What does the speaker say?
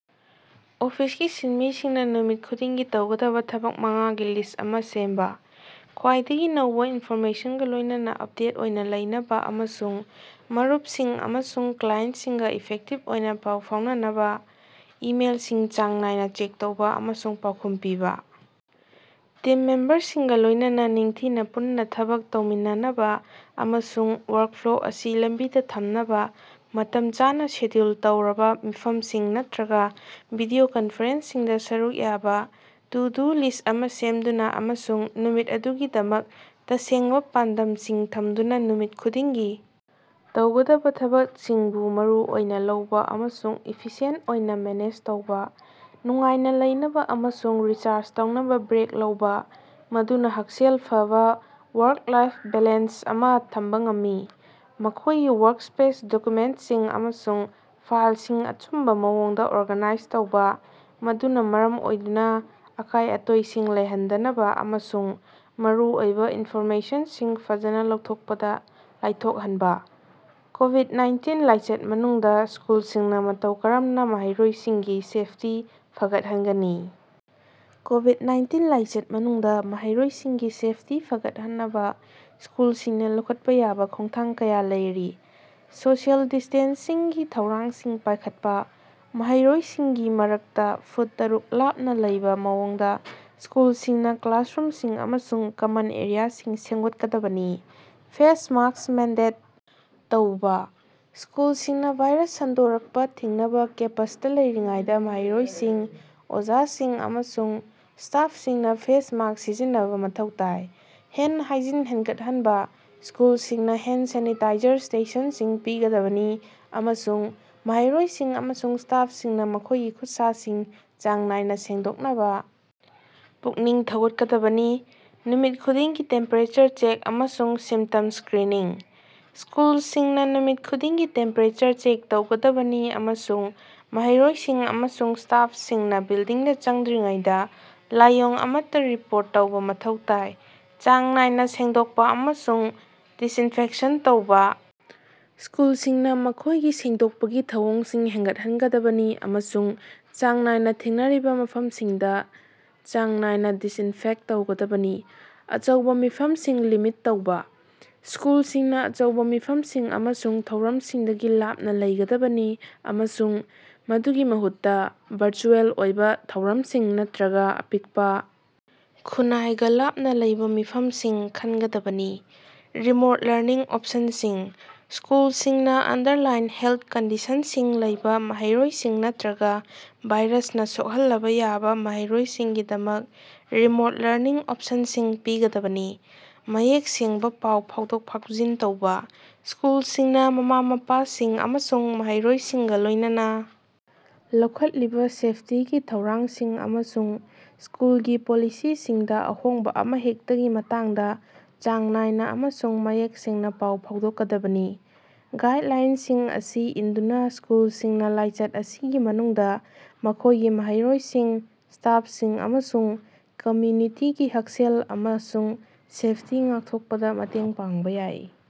ꯑꯣꯐꯤꯁꯀꯤ ꯁꯤꯟꯃꯤꯁꯤꯡꯅ ꯅꯨꯃꯤꯠ ꯈꯨꯗꯤꯡꯒꯤ ꯇꯧꯒꯗꯕ ꯊꯕꯛ ꯃꯉꯥꯒꯤ ꯂꯤꯁ꯭ꯠ ꯑꯃ ꯁꯦꯝꯕ꯫ ꯈ꯭ꯋꯥꯏꯗꯒꯤ ꯅꯧꯕ ꯏꯟꯐꯣꯔꯃꯦꯁꯟꯒ ꯂꯣꯏꯅꯅ ꯑꯞꯗꯦꯠ ꯑꯣꯏꯅ ꯂꯩꯅꯕ ꯑꯃꯁꯨꯡ ꯃꯔꯨꯞꯁꯤꯡ ꯑꯃꯁꯨꯡ ꯀ꯭ꯂꯥꯏꯑꯦꯟꯇꯁꯤꯡꯒ ꯏꯐꯦꯛꯇꯤꯕ ꯑꯣꯏꯅ ꯄꯥꯎ ꯐꯥꯎꯅꯅꯕ ꯏꯃꯦꯜꯁꯤꯡ ꯆꯥꯡ ꯅꯥꯏꯅ ꯆꯦꯛ ꯇꯧꯕ ꯑꯃꯁꯨꯡ ꯄꯥꯎꯈꯨꯝ ꯄꯤꯕ꯫ ꯇꯤꯝ ꯃꯦꯝꯕꯔꯁꯤꯡꯒ ꯂꯣꯏꯅꯅ ꯅꯤꯡꯊꯤꯅ ꯄꯨꯟꯅ ꯊꯕꯛ ꯇꯧꯃꯤꯟꯅꯅꯕ ꯑꯃꯁꯨꯡ ꯋꯥꯔꯛꯐ꯭ꯂꯣ ꯑꯁꯤ ꯂꯝꯕꯤꯗ ꯊꯝꯅꯕ ꯃꯇꯝ ꯆꯥꯅ ꯁꯦꯗ꯭ꯌꯨꯜ ꯇꯧꯔꯕ ꯃꯤꯐꯝꯁꯤꯡ ꯅꯠꯇ꯭ꯔꯒ ꯚꯤꯗꯤꯑꯣ ꯀꯟꯐꯔꯦꯟꯁꯁꯤꯡꯗ ꯁꯔꯨꯛ ꯌꯥꯕ꯫ ꯇꯨ-ꯗꯨ-ꯂꯤꯁ꯭ꯠ ꯑꯃ ꯁꯦꯝꯗꯨꯅ ꯑꯃꯁꯨꯡ ꯅꯨꯃꯤꯠ ꯑꯗꯨꯒꯤꯗꯃꯛ ꯇꯁꯦꯡꯕ ꯄꯥꯟꯗꯝꯁꯤꯡ ꯊꯝꯗꯨꯅ ꯅꯨꯃꯤꯠ ꯈꯨꯗꯤꯡꯒꯤ ꯇꯧꯒꯗꯕ ꯊꯕꯛꯁꯤꯡꯕꯨ ꯃꯔꯨ ꯑꯣꯏꯅ ꯂꯧꯕ ꯑꯃꯁꯨꯡ ꯏꯐꯤꯁꯤꯌꯦꯟꯇ ꯑꯣꯏꯅ ꯃꯦꯅꯦꯖ ꯇꯧꯕ꯫ ꯅꯨꯡꯉꯥꯏꯅ ꯂꯩꯅꯕ ꯑꯃꯁꯨꯡ ꯔꯤꯆꯥꯔꯖ ꯇꯧꯅꯕ ꯕ꯭ꯔꯦꯛ ꯂꯧꯕ, ꯃꯗꯨꯅ ꯍꯛꯁꯦꯜ ꯐꯕ ꯋꯥꯔꯛ-ꯂꯥꯏꯐ ꯕꯦꯂꯦꯟꯁ ꯑꯃ ꯊꯝꯕ ꯉꯝꯃꯤ꯫ ꯃꯈꯣꯏꯒꯤ ꯋꯥꯔꯛꯁ꯭ꯄꯦꯁ, ꯗꯣꯀ꯭ꯌꯨꯃꯦꯟꯇꯁꯤꯡ ꯑꯃꯁꯨꯡ ꯐꯥꯏꯜꯁꯤꯡ ꯑꯆꯨꯝꯕ ꯃꯑꯣꯡꯗ ꯑꯣꯔꯒꯅꯥꯏꯖ ꯇꯧꯕ, ꯃꯗꯨꯅ ꯃꯔꯝ ꯑꯣꯏꯗꯨꯅ ꯑꯀꯥꯏ-ꯑꯇꯣꯏꯁꯤꯡ ꯂꯩꯍꯟꯗꯅꯕ ꯑꯃꯁꯨꯡ ꯃꯔꯨꯑꯣꯏꯕ ꯏꯟꯐꯣꯔꯃꯦꯁꯟꯁꯤꯡ ꯐꯖꯅ ꯂꯧꯊꯣꯛꯄꯗ ꯂꯥꯏꯊꯣꯛꯍꯟꯕ꯫ ꯀꯣꯕꯤꯗ-ꯅꯥꯏꯟꯇꯤꯟ ꯂꯥꯏꯆꯠ ꯃꯅꯨꯡꯗ ꯁ꯭ꯀꯨꯜꯁꯤꯡꯅ ꯃꯇꯧ ꯀꯔꯝꯅ ꯃꯍꯩꯔꯣꯏꯁꯤꯡꯒꯤ ꯁꯦꯐꯇꯤ ꯐꯒꯠꯍꯟꯒꯅꯤ? ꯀꯣꯕꯤꯗ- ꯅꯥꯏꯟꯇꯤꯟ ꯂꯥꯏꯆꯠ ꯃꯅꯨꯡꯗ ꯃꯍꯩꯔꯣꯏꯁꯤꯡꯒꯤ ꯁꯦꯐꯇꯤ ꯐꯒꯠꯍꯟꯅꯕ ꯁ꯭ꯀꯨꯜꯁꯤꯡꯅ ꯂꯧꯈꯠꯄ ꯌꯥꯕ ꯈꯣꯡꯊꯥꯡ ꯀꯌ ꯂꯩꯔꯤ: ꯁꯣꯁꯤꯑꯦꯜ ꯗꯤꯁꯇꯦꯟꯁꯤꯡꯒꯤ ꯊꯧꯔꯥꯡꯁꯤꯡ ꯄꯥꯏꯈꯠꯄ: ꯃꯍꯩꯔꯣꯏꯁꯤꯡꯒꯤ ꯃꯔꯛꯇ ꯐꯨꯠ ꯇꯔꯨꯛ ꯂꯥꯞꯅ ꯂꯩꯕ ꯃꯑꯣꯡꯗ ꯁ꯭ꯀꯨꯜꯁꯤꯡꯅ ꯀ꯭ꯂꯥꯁꯔꯨꯝꯁꯤꯡ ꯑꯃꯁꯨꯡ ꯀꯃꯟ ꯑꯦꯔꯤꯌꯥꯁꯤꯡ ꯁꯦꯝꯒꯠꯀꯗꯕꯅꯤ꯫ ꯐꯦꯁ ꯃꯥꯁ꯭ꯛ ꯃꯦꯟꯗꯦꯠ ꯇꯧꯕꯥ: ꯁ꯭ꯀꯨꯜꯁꯤꯡꯅ ꯚꯥꯏꯔꯁ ꯁꯟꯗꯣꯔꯛꯄ ꯊꯤꯡꯅꯕ ꯀꯦꯝꯄꯁꯇ ꯂꯩꯔꯤꯉꯩꯗ ꯃꯍꯩꯔꯣꯏꯁꯤꯡ, ꯑꯣꯖꯥꯁꯤꯡ, ꯑꯃꯁꯨꯡ ꯁ꯭ꯇꯥꯐꯁꯤꯡꯅ ꯐꯦꯁ ꯃꯥꯁ꯭ꯛ ꯁꯤꯖꯤꯟꯅꯕ ꯃꯊꯧ ꯇꯥꯏ꯫ ꯍꯦꯟꯗ ꯍꯥꯏꯖꯤꯟ ꯍꯦꯟꯒꯠꯍꯟꯕ: ꯁ꯭ꯀꯨꯜꯁꯤꯡꯅ ꯍꯦꯟꯗ ꯁꯦꯅꯤꯇꯥꯏꯖꯔ ꯁ꯭ꯇꯦꯁꯟꯁꯤꯡ ꯄꯤꯒꯗꯕꯅꯤ ꯑꯃꯁꯨꯡ ꯃꯍꯩꯔꯣꯏꯁꯤꯡ ꯑꯃꯁꯨꯡ ꯁ꯭ꯇꯥꯐꯁꯤꯡꯅ ꯃꯈꯣꯏꯒꯤ ꯈꯨꯠꯁꯥꯁꯤꯡ ꯆꯥꯡ ꯅꯥꯏꯅ ꯁꯦꯡꯗꯣꯛꯅꯕ ꯄꯨꯛꯅꯤꯡ ꯊꯧꯒꯠꯀꯗꯕꯅꯤ꯫ ꯅꯨꯃꯤꯠ ꯈꯨꯗꯤꯡꯒꯤ ꯇꯦꯝꯄꯦꯔꯦꯆꯔ ꯆꯦꯛ ꯑꯃꯁꯨꯡ ꯁꯤꯝꯇꯝ ꯁ꯭ꯀꯔꯤꯅꯤꯡ: ꯁ꯭ꯀꯨꯜꯁꯤꯡꯅ ꯅꯨꯃꯤꯠ ꯈꯨꯗꯤꯡꯒꯤ ꯇꯦꯝꯄꯦꯔꯦꯆꯔ ꯆꯦꯛ ꯇꯧꯒꯗꯕꯅꯤ ꯑꯃꯁꯨꯡ ꯃꯍꯩꯔꯣꯏꯁꯤꯡ ꯑꯃꯁꯨꯡ ꯁ꯭ꯇꯥꯐꯁꯤꯡꯅ ꯕꯤꯜꯗꯤꯡꯗ ꯆꯪꯗ꯭ꯔꯤꯉꯩꯗ ꯂꯥꯏꯑꯣꯡ ꯑꯃꯠꯇ ꯔꯤꯄꯣꯔꯠ ꯇꯧꯕ ꯃꯊꯧ ꯇꯥꯏ꯫ ꯆꯥꯡ ꯅꯥꯏꯅ ꯁꯦꯡꯗꯣꯛꯄ ꯑꯃꯁꯨꯡ ꯗꯤꯁꯏꯟꯐꯦꯛꯁꯟ ꯇꯧꯕ: ꯁ꯭ꯀꯨꯜꯁꯤꯡꯅ ꯃꯈꯣꯏꯒꯤ ꯁꯦꯡꯗꯣꯛꯄꯒꯤ ꯊꯧꯑꯣꯡꯁꯤꯡ ꯍꯦꯟꯒꯠꯍꯟꯒꯗꯕꯅꯤ ꯑꯃꯁꯨꯡ ꯆꯥꯡ ꯅꯥꯏꯅ ꯊꯦꯡꯅꯔꯤꯕ ꯃꯐꯝꯁꯤꯡꯗ ꯆꯥꯡ ꯅꯥꯏꯅ ꯗꯤꯁꯏꯟꯐꯦꯛꯇ ꯇꯧꯒꯗꯕꯅꯤ꯫ ꯑꯆꯧꯕ ꯃꯤꯐꯝꯁꯤꯡ ꯂꯤꯃꯤꯠ ꯇꯧꯕ: ꯁ꯭ꯀꯨꯜꯁꯤꯡꯅ ꯑꯆꯧꯕ ꯃꯤꯐꯝꯁꯤꯡ ꯑꯃꯁꯨꯡ ꯊꯧꯔꯝꯁꯤꯡꯗꯒꯤ ꯂꯥꯞꯅ ꯂꯩꯒꯗꯕꯅꯤ, ꯑꯃꯁꯨꯡ ꯃꯗꯨꯒꯤ ꯃꯍꯨꯠꯇ ꯚꯔꯆꯨꯑꯦꯜ ꯑꯣꯏꯕ ꯊꯧꯔꯝꯁꯤꯡ ꯅꯠꯇ‌꯭ꯔꯒ ꯑꯄꯤꯛꯄ, ꯈꯨꯟꯅꯥꯏꯒ ꯂꯥꯞꯅ ꯂꯩꯕ ꯃꯤꯐꯝꯁꯤꯡ ꯈꯟꯒꯗꯕꯅꯤ꯫ ꯔꯤꯃꯣꯠ ꯂꯔꯅꯤꯡ ꯑꯣꯞꯁꯟꯁꯤꯡ: ꯁ꯭ꯀꯨꯜꯁꯤꯡꯅ ꯑꯟꯗꯔꯂꯥꯏꯟ ꯍꯦꯜꯊ ꯀꯟꯗꯤꯁꯟꯁꯤꯡ ꯂꯩꯕ ꯃꯍꯩꯔꯣꯏꯁꯤꯡ ꯅꯠꯇ‌꯭ꯔꯒ ꯚꯥꯏꯔꯁꯅ ꯁꯣꯛꯍꯜꯂꯕ ꯌꯥꯕ ꯃꯍꯩꯔꯣꯏꯁꯤꯡꯒꯤꯗꯃꯛ ꯔꯤꯃꯣꯠ ꯂꯔꯅꯤꯡ ꯑꯣꯄꯡꯞꯁꯟꯁꯤꯡ ꯄꯤꯒꯗꯕꯅꯤ꯫ ꯃꯌꯦꯛ ꯁꯦꯡꯕ ꯄꯥꯎ ꯐꯥꯎꯗꯣꯛ-ꯐꯥꯎꯖꯤꯟ ꯇꯧꯕ: ꯁ꯭ꯀꯨꯜꯁꯤꯡꯅ ꯃꯃꯥ-ꯃꯄꯥꯁꯤꯡ ꯑꯃꯁꯨꯡ ꯃꯍꯩꯔꯣꯏꯁꯤꯡꯒ ꯂꯣꯏꯅꯅ ꯂꯧꯈꯠꯂꯤꯕ ꯁꯦꯐꯇꯤꯒꯤ ꯊꯧꯔꯥꯡꯁꯤꯡ ꯑꯃꯁꯨꯡ ꯁ꯭ꯀꯨꯜꯒꯤ ꯄꯣꯂꯤꯁꯤꯁꯤꯡꯗ ꯑꯍꯣꯡꯕ ꯑꯃꯍꯦꯛꯇꯒꯤ ꯃꯇꯥꯡꯗ ꯆꯥꯡ ꯅꯥꯏꯅ ꯑꯃꯁꯨꯡ ꯃꯌꯦꯛ ꯁꯦꯡꯅ ꯄꯥꯎ ꯐꯥꯎꯗꯣꯛꯀꯗꯕꯅꯤ꯫ ꯒꯥꯏꯗꯂꯥꯏꯟꯁꯤꯡ ꯑꯁꯤ ꯏꯟꯗꯨꯅ ꯁ꯭ꯀꯨꯜꯁꯤꯡꯅ ꯂꯥꯏꯆꯠ ꯑꯁꯤꯒꯤ ꯃꯅꯨꯡꯗ ꯃꯈꯣꯏꯒꯤ ꯃꯍꯩꯔꯣꯏꯁꯤꯡ, ꯁ꯭ꯇꯥꯐꯁꯤꯡ ꯑꯃꯁꯨꯡ ꯀꯝꯃ꯭ꯌꯨꯅꯤꯇꯤꯒꯤ ꯍꯛꯁꯦꯜ ꯑꯃꯁꯨꯡ ꯁꯦꯐꯇꯤ ꯉꯥꯛꯊꯣꯛꯄꯗ ꯃꯇꯦꯡ ꯄꯥꯡꯕ ꯌꯥꯏ꯫